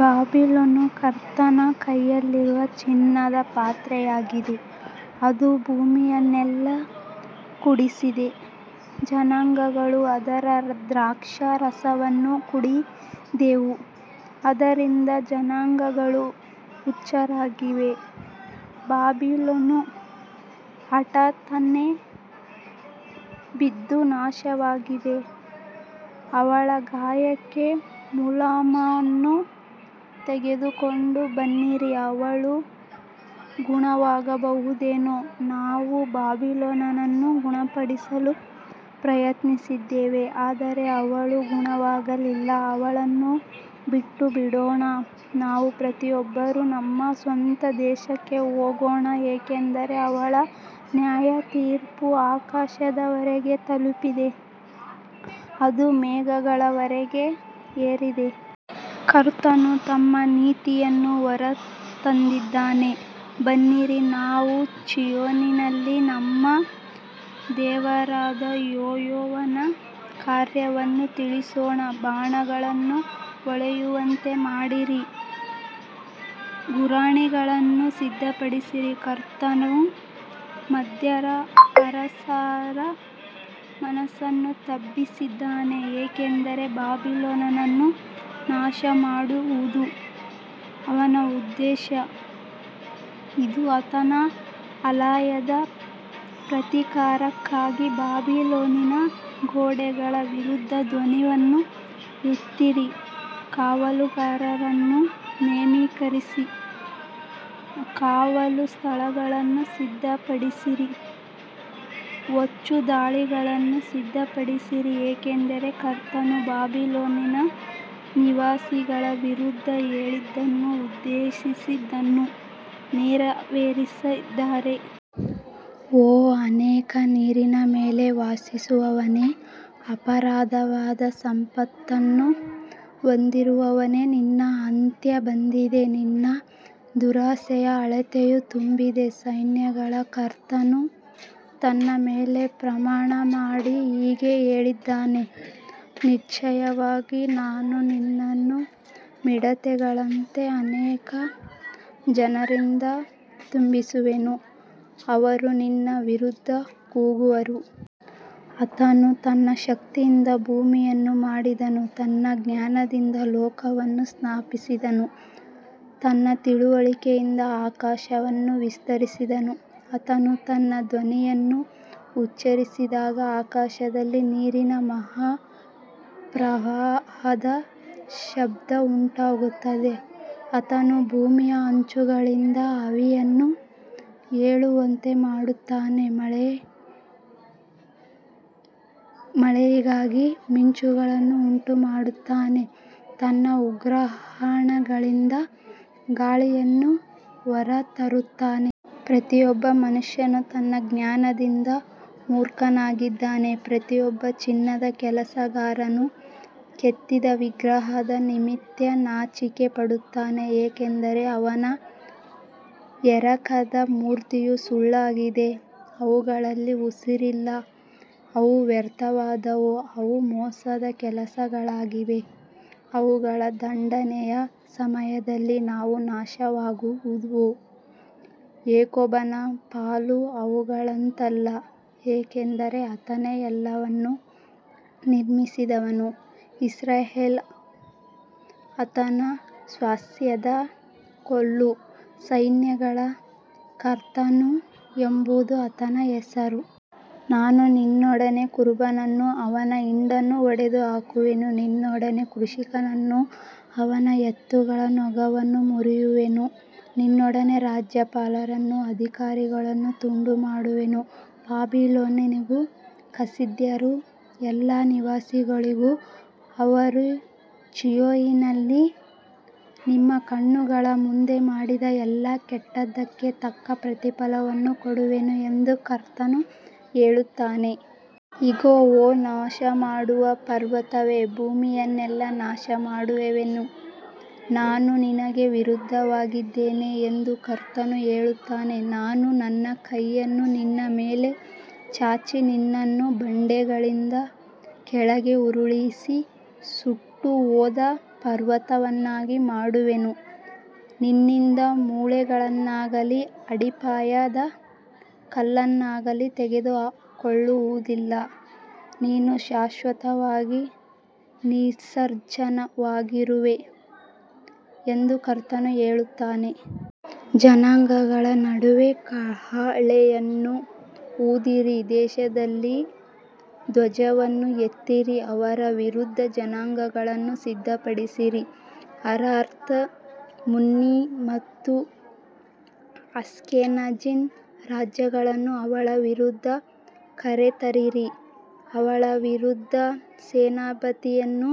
ಬಾಬಿಲೋನು ಕರ್ತನ ಕೈಯಲ್ಲಿರುವ ಚಿನ್ನದ ಪಾತ್ರೆಯಾಗಿದೆ, ಅದು ಭೂಮಿಯನ್ನೆಲ್ಲ ಕುಡಿಸಿದೆ, ಜನಾಂಗಗಳು ಅದರ ದ್ರಾಕ್ಷಾರಸವನ್ನು ಕುಡಿದಿವೆ, ಆದ್ದರಿಂದ ಜನಾಂಗಗಳು ಹುಚ್ಚರಾಗಿವೆ. ಬಾಬಿಲೋನು ಹಠಾತ್ತನೆ ಬಿದ್ದು ನಾಶವಾಗಿದೆ, ಅವಳ ಗಾಯಕ್ಕೆ ಮುಲಾಮನ್ನು ತೆಗೆದುಕೊಂಡು ಬನ್ನಿರಿ, ಅವಳು ಗುಣವಾಗಬಹುದೇನೋ. ನಾವು ಬಾಬಿಲೋನನ್ನು ಗುಣಪಡಿಸಲು ಪ್ರಯತ್ನಿಸಿದ್ದೇವೆ, ಆದರೆ ಅವಳು ಗುಣವಾಗಲಿಲ್ಲ, ಅವಳನ್ನು ಬಿಟ್ಟುಬಿಡೋಣ, ನಾವು ಪ್ರತಿಯೊಬ್ಬರೂ ನಮ್ಮ ಸ್ವಂತ ದೇಶಕ್ಕೆ ಹೋಗೋಣ, ಏಕೆಂದರೆ ಅವಳ ನ್ಯಾಯತೀರ್ಪು ಆಕಾಶದವರೆಗೆ ತಲುಪಿದೆ, ಅದು ಮೇಘಗಳವರೆಗೆ ಏರಿದೆ. ಕರ್ತನು ನಮ್ಮ ನೀತಿಯನ್ನು ಹೊರತಂದಿದ್ದಾನೆ, ಬನ್ನಿರಿ, ನಾವು ಚೀಯೋನಿನಲ್ಲಿ ನಮ್ಮ ದೇವರಾದ ಯೆಹೋವನ ಕಾರ್ಯವನ್ನು ತಿಳಿಸೋಣ. ಬಾಣಗಳನ್ನು ಹೊಳೆಯುವಂತೆ ಮಾಡಿರಿ, ಗುರಾಣಿಗಳನ್ನು ಸಿದ್ಧಪಡಿಸಿರಿ, ಕರ್ತನು ಮೇದ್ಯರ ಅರಸರ ಮನಸ್ಸನ್ನು ಎಬ್ಬಿಸಿದ್ದಾನೆ, ಏಕೆಂದರೆ ಬಾಬಿಲೋನನ್ನು ನಾಶಮಾಡುವುದು ಅವನ ಉದ್ದೇಶ, ಇದು ಆತನ ಆಲಯದ ಪ್ರತೀಕಾರಕ್ಕಾಗಿ. ಬಾಬಿಲೋನಿನ ಗೋಡೆಗಳ ವಿರುದ್ಧ ಧ್ವಜವನ್ನು ಎತ್ತಿರಿ, ಕಾವಲುಗಾರರನ್ನು ನೇಮಿಸಿರಿ, ಕಾವಲು ಸ್ಥಳಗಳನ್ನು ಸಿದ್ಧಪಡಿಸಿರಿ, ಹೊಂಚುದಾಳಿಗಳನ್ನು ಸಿದ್ಧಪಡಿಸಿರಿ, ಏಕೆಂದರೆ ಕರ್ತನು ಬಾಬಿಲೋನಿನ ನಿವಾಸಿಗಳ ವಿರುದ್ಧ ಹೇಳಿದ್ದನ್ನೂ ಉದ್ದೇಶಿಸಿದ್ದನ್ನೂ ನೆರವೇರಿಸಿದ್ದಾನೆ. ಓ ಅನೇಕ ನೀರಿನ ಮೇಲೆ ವಾಸಿಸುವವನೇ, ಅಪಾರವಾದ ಸಂಪತ್ತನ್ನು ಹೊಂದಿರುವವನೇ, ನಿನ್ನ ಅಂತ್ಯ ಬಂದಿದೆ, ನಿನ್ನ ದುರಾಶೆಯ ಅಳತೆಯೂ ತುಂಬಿದೆ. ಸೈನ್ಯಗಳ ಕರ್ತನು ತನ್ನ ಮೇಲೆ ಪ್ರಮಾಣಮಾಡಿ ಹೀಗೆ ಹೇಳಿದ್ದಾನೆ, ನಿಶ್ಚಯವಾಗಿ ನಾನು ನಿನ್ನನ್ನು ಮಿಡತೆಗಳಂತೆ ಅನೇಕ ಜನರಿಂದ ತುಂಬಿಸುವೆನು, ಅವರು ನಿನ್ನ ವಿರುದ್ಧ ಕೂಗುವರು. ಆತನು ತನ್ನ ಶಕ್ತಿಯಿಂದ ಭೂಮಿಯನ್ನು ಮಾಡಿದನು, ತನ್ನ ಜ್ಞಾನದಿಂದ ಲೋಕವನ್ನು ಸ್ಥಾಪಿಸಿದನು, ತನ್ನ ತಿಳುವಳಿಕೆಯಿಂದ ಆಕಾಶವನ್ನು ವಿಸ್ತರಿಸಿದನು. ಆತನು ತನ್ನ ಧ್ವನಿಯನ್ನು ಉಚ್ಚರಿಸಿದಾಗ ಆಕಾಶದಲ್ಲಿ ನೀರಿನ ಮಹಾಪ್ರವಾಹದ ಶಬ್ದ ಉಂಟಾಗುತ್ತದೆ, ಆತನು ಭೂಮಿಯ ಅಂಚುಗಳಿಂದ ಆವಿಯನ್ನು ಏಳುವಂತೆ ಮಾಡುತ್ತಾನೆ, ಮಳೆಯಿಗಾಗಿ ಮಿಂಚುಗಳನ್ನು ಉಂಟುಮಾಡುತ್ತಾನೆ, ತನ್ನ ಉಗ್ರಾಣಗಳಿಂದ ಗಾಳಿಯನ್ನು ಹೊರತರುತ್ತಾನೆ. ಪ್ರತಿಯೊಬ್ಬ ಮನುಷ್ಯನು ತನ್ನ ಜ್ಞಾನದಿಂದ ಮೂರ್ಖನಾಗಿದ್ದಾನೆ, ಪ್ರತಿಯೊಬ್ಬ ಚಿನ್ನದ ಕೆಲಸಗಾರನು ಕೆತ್ತಿದ ವಿಗ್ರಹದ ನಿಮಿತ್ತ ನಾಚಿಕೆಪಡುತ್ತಾನೆ, ಏಕೆಂದರೆ ಅವನ ಎರಕದ ಮೂರ್ತಿಯು ಸುಳ್ಳಾಗಿದೆ, ಅವುಗಳಲ್ಲಿ ಉಸಿರಿಲ್ಲ. ಅವು ವ್ಯರ್ಥವಾದವು, ಅವು ಮೋಸದ ಕೆಲಸಗಳಾಗಿವೆ, ಅವುಗಳ ದಂಡನೆಯ ಸಮಯದಲ್ಲಿ ಅವು ನಾಶವಾಗುವವು. ಯಾಕೋಬನ ಪಾಲು ಅವುಗಳಂತಲ್ಲ, ಏಕೆಂದರೆ ಆತನೇ ಎಲ್ಲವನ್ನೂ ನಿರ್ಮಿಸಿದವನು, ಇಸ್ರಾಯೇಲು ಆತನ ಸ್ವಾಸ್ತ್ಯದ ಕೋಲು, ಸೈನ್ಯಗಳ ಕರ್ತನು ಎಂಬುದು ಆತನ ಹೆಸರು. ನಾನು ನಿನ್ನೊಡನೆ ಕುರುಬನನ್ನೂ ಅವನ ಹಿಂಡನ್ನೂ ಒಡೆದುಹಾಕುವೆನು, ನಿನ್ನೊಡನೆ ಕೃಷಿಕನನ್ನೂ ಅವನ ಎತ್ತುಗಳ ನೊಗವನ್ನೂ ಮುರಿಯುವೆನು, ನಿನ್ನೊಡನೆ ರಾಜ್ಯಪಾಲರನ್ನೂ ಅಧಿಕಾರಿಗಳನ್ನೂ ತುಂಡುಮಾಡುವೆನು. ಬಾಬಿಲೋನಿಗೂ ಕಸ್ದೀಯರ ಎಲ್ಲಾ ನಿವಾಸಿಗಳಿಗೂ ಅವರು ಚೀಯೋನಿನಲ್ಲಿ ನಿಮ್ಮ ಕಣ್ಣುಗಳ ಮುಂದೆ ಮಾಡಿದ ಎಲ್ಲಾ ಕೆಟ್ಟದ್ದಕ್ಕೆ ತಕ್ಕ ಪ್ರತಿಫಲವನ್ನು ಕೊಡುವೆನು ಎಂದು ಕರ್ತನು ಹೇಳುತ್ತಾನೆ. ಇಗೋ, ಓ ನಾಶಮಾಡುವ ಪರ್ವತವೇ, ಭೂಮಿಯನ್ನೆಲ್ಲ ನಾಶಮಾಡುವವನೇ, ನಾನು ನಿನಗೆ ವಿರುದ್ಧವಾಗಿದ್ದೇನೆ ಎಂದು ಕರ್ತನು ಹೇಳುತ್ತಾನೆ, ನಾನು ನನ್ನ ಕೈಯನ್ನು ನಿನ್ನ ಮೇಲೆ ಚಾಚಿ, ನಿನ್ನನ್ನು ಬಂಡೆಗಳಿಂದ ಕೆಳಗೆ ಉರುಳಿಸಿ, ಸುಟ್ಟುಹೋದ ಪರ್ವತವನ್ನಾಗಿ ಮಾಡುವೆನು. ನಿನ್ನಿಂದ ಮೂಲೆಗಲ್ಲನ್ನಾಗಲಿ ಅಡಿಪಾಯದ ಕಲ್ಲನ್ನಾಗಲಿ ತೆಗೆದುಕೊಳ್ಳುವುದಿಲ್ಲ, ನೀನು ಶಾಶ್ವತವಾಗಿ ನಿರ್ಜನವಾಗಿರುವೆ ಎಂದು ಕರ್ತನು ಹೇಳುತ್ತಾನೆ. ಜನಾಂಗಗಳ ನಡುವೆ ಕಹಳೆಯನ್ನು ಊದಿರಿ, ದೇಶಗಳಲ್ಲಿ ಧ್ವಜವನ್ನು ಎತ್ತಿರಿ, ಅವಳ ವಿರುದ್ಧ ಜನಾಂಗಗಳನ್ನು ಸಿದ್ಧಪಡಿಸಿರಿ, ಅರಾರತ್, ಮಿನ್ನಿ ಮತ್ತು ಅಶ್ಕೆನಾಜಿನ ರಾಜ್ಯಗಳನ್ನು ಅವಳ ವಿರುದ್ಧ ಕರೆತರಿರಿ, ಅವಳ ವಿರುದ್ಧ ಸೇನಾಧಿಪತಿಯನ್ನು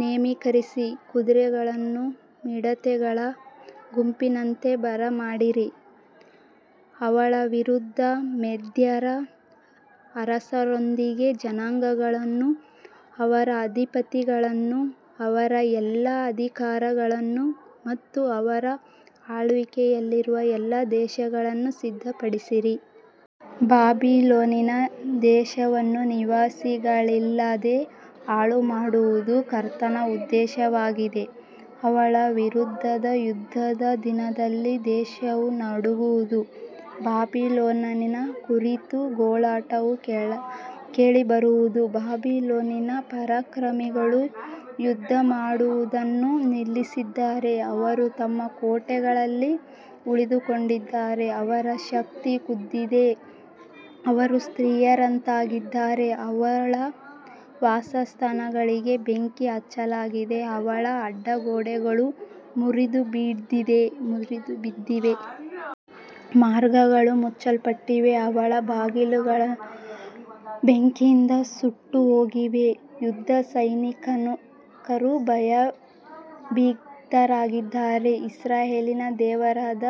ನೇಮಿಸಿರಿ, ಕುದುರೆಗಳನ್ನು ಮಿಡತೆಗಳ ಗುಂಪಿನಂತೆ ಬರಮಾಡಿರಿ. ಅವಳ ವಿರುದ್ಧ ಮೇದ್ಯರ ಅರಸರೊಂದಿಗೆ ಜನಾಂಗಗಳನ್ನು, ಅವರ ಅಧಿಪತಿಗಳನ್ನು, ಅವರ ಎಲ್ಲಾ ಅಧಿಕಾರಿಗಳನ್ನು ಮತ್ತು ಅವರ ಆಳ್ವಿಕೆಯಲ್ಲಿರುವ ಎಲ್ಲಾ ದೇಶಗಳನ್ನು ಸಿದ್ಧಪಡಿಸಿರಿ. ಬಾಬಿಲೋನಿನ ದೇಶವನ್ನು ನಿವಾಸಿಗಳಿಲ್ಲದೆ ಹಾಳುಮಾಡುವುದು ಕರ್ತನ ಉದ್ದೇಶವಾಗಿದೆ, ಅವಳ ವಿರುದ್ಧದ ಯುದ್ಧದ ದಿನದಲ್ಲಿ ದೇಶವು ನಡುಗುವುದು, ಬಾಬಿಲೋನಿನ ಕುರಿತು ಗೋಳಾಟವು ಕೇಳಿಬರುವುದು. ಬಾಬಿಲೋನಿನ ಪರಾಕ್ರಮಿಗಳು ಯುದ್ಧಮಾಡುವುದನ್ನು ನಿಲ್ಲಿಸಿದ್ದಾರೆ, ಅವರು ತಮ್ಮ ಕೋಟೆಗಳಲ್ಲಿ ಉಳಿದುಕೊಂಡಿದ್ದಾರೆ, ಅವರ ಶಕ್ತಿ ಕುಂದಿದೆ, ಅವರು ಸ್ತ್ರೀಯರಂತಾಗಿದ್ದಾರೆ, ಅವಳ ವಾಸಸ್ಥಾನಗಳಿಗೆ ಬೆಂಕಿ ಹಚ್ಚಲಾಗಿದೆ, ಅವಳ ಅಡ್ಡಗೋಡೆಗಳು ಮುರಿದುಬಿದ್ದಿವೆ. ಮಾರ್ಗಗಳು ಮುಚ್ಚಲ್ಪಟ್ಟಿವೆ, ಅವಳ ಬಾಗಿಲುಗಳು ಬೆಂಕಿಯಿಂದ ಸುಟ್ಟುಹೋಗಿವೆ, ಯುದ್ಧಸೈನಿಕರು ಭಯಭೀತರಾಗಿದ್ದಾರೆ. ಇಸ್ರಾಯೇಲಿನ ದೇವರಾದ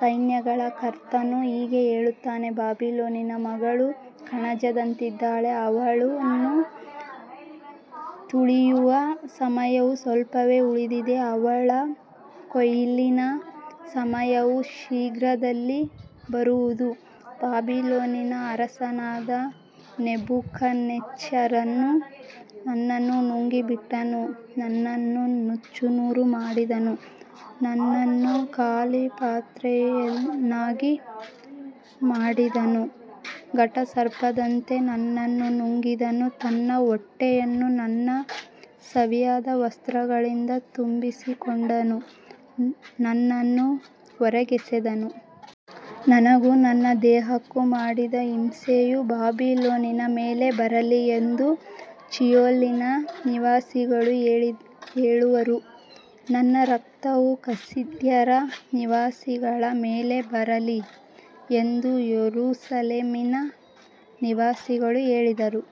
ಸೈನ್ಯಗಳ ಕರ್ತನು ಹೀಗೆ ಹೇಳುತ್ತಾನೆ, ಬಾಬಿಲೋನಿನ ಮಗಳು ಕಣಜದಂತಿದ್ದಾಳೆ, ಅವಳನ್ನು ತುಳಿಯುವ ಸಮಯವು ಸ್ವಲ್ಪವೇ ಉಳಿದಿದೆ, ಅವಳ ಕೊಯ್ಲಿನ ಸಮಯವು ಶೀಘ್ರದಲ್ಲೇ ಬರುವುದು. ಬಾಬಿಲೋನಿನ ಅರಸನಾದ ನೆಬೂಕದ್ನೆಚ್ಚರನು ನನ್ನನ್ನು ನುಂಗಿಬಿಟ್ಟನು, ನನ್ನನ್ನು ನುಚ್ಚುನೂರು ಮಾಡಿದನು, ನನ್ನನ್ನು ಖಾಲಿ ಪಾತ್ರೆಯನ್ನಾಗಿ ಮಾಡಿದನು, ಘಟಸರ್ಪದಂತೆ ನನ್ನನ್ನು ನುಂಗಿದನು, ತನ್ನ ಹೊಟ್ಟೆಯನ್ನು ನನ್ನ ಸವಿಯಾದ ವಸ್ತುಗಳಿಂದ ತುಂಬಿಸಿಕೊಂಡನು, ನನ್ನನ್ನು ಹೊರಗೆಸೆದನು. ನನಗೂ ನನ್ನ ದೇಹಕ್ಕೂ ಮಾಡಿದ ಹಿಂಸೆಯು ಬಾಬಿಲೋನಿನ ಮೇಲೆ ಬರಲಿ ಎಂದು ಚೀಯೋನಿನ ನಿವಾಸಿಗಳು ಹೇಳುವರು, ನನ್ನ ರಕ್ತವು ಕಸ್ದೀಯರ ನಿವಾಸಿಗಳ ಮೇಲೆ ಬರಲಿ ಎಂದು ಯೆರೂಸಲೇಮಿನ ನಿವಾಸಿಗಳು ಹೇಳುವರು.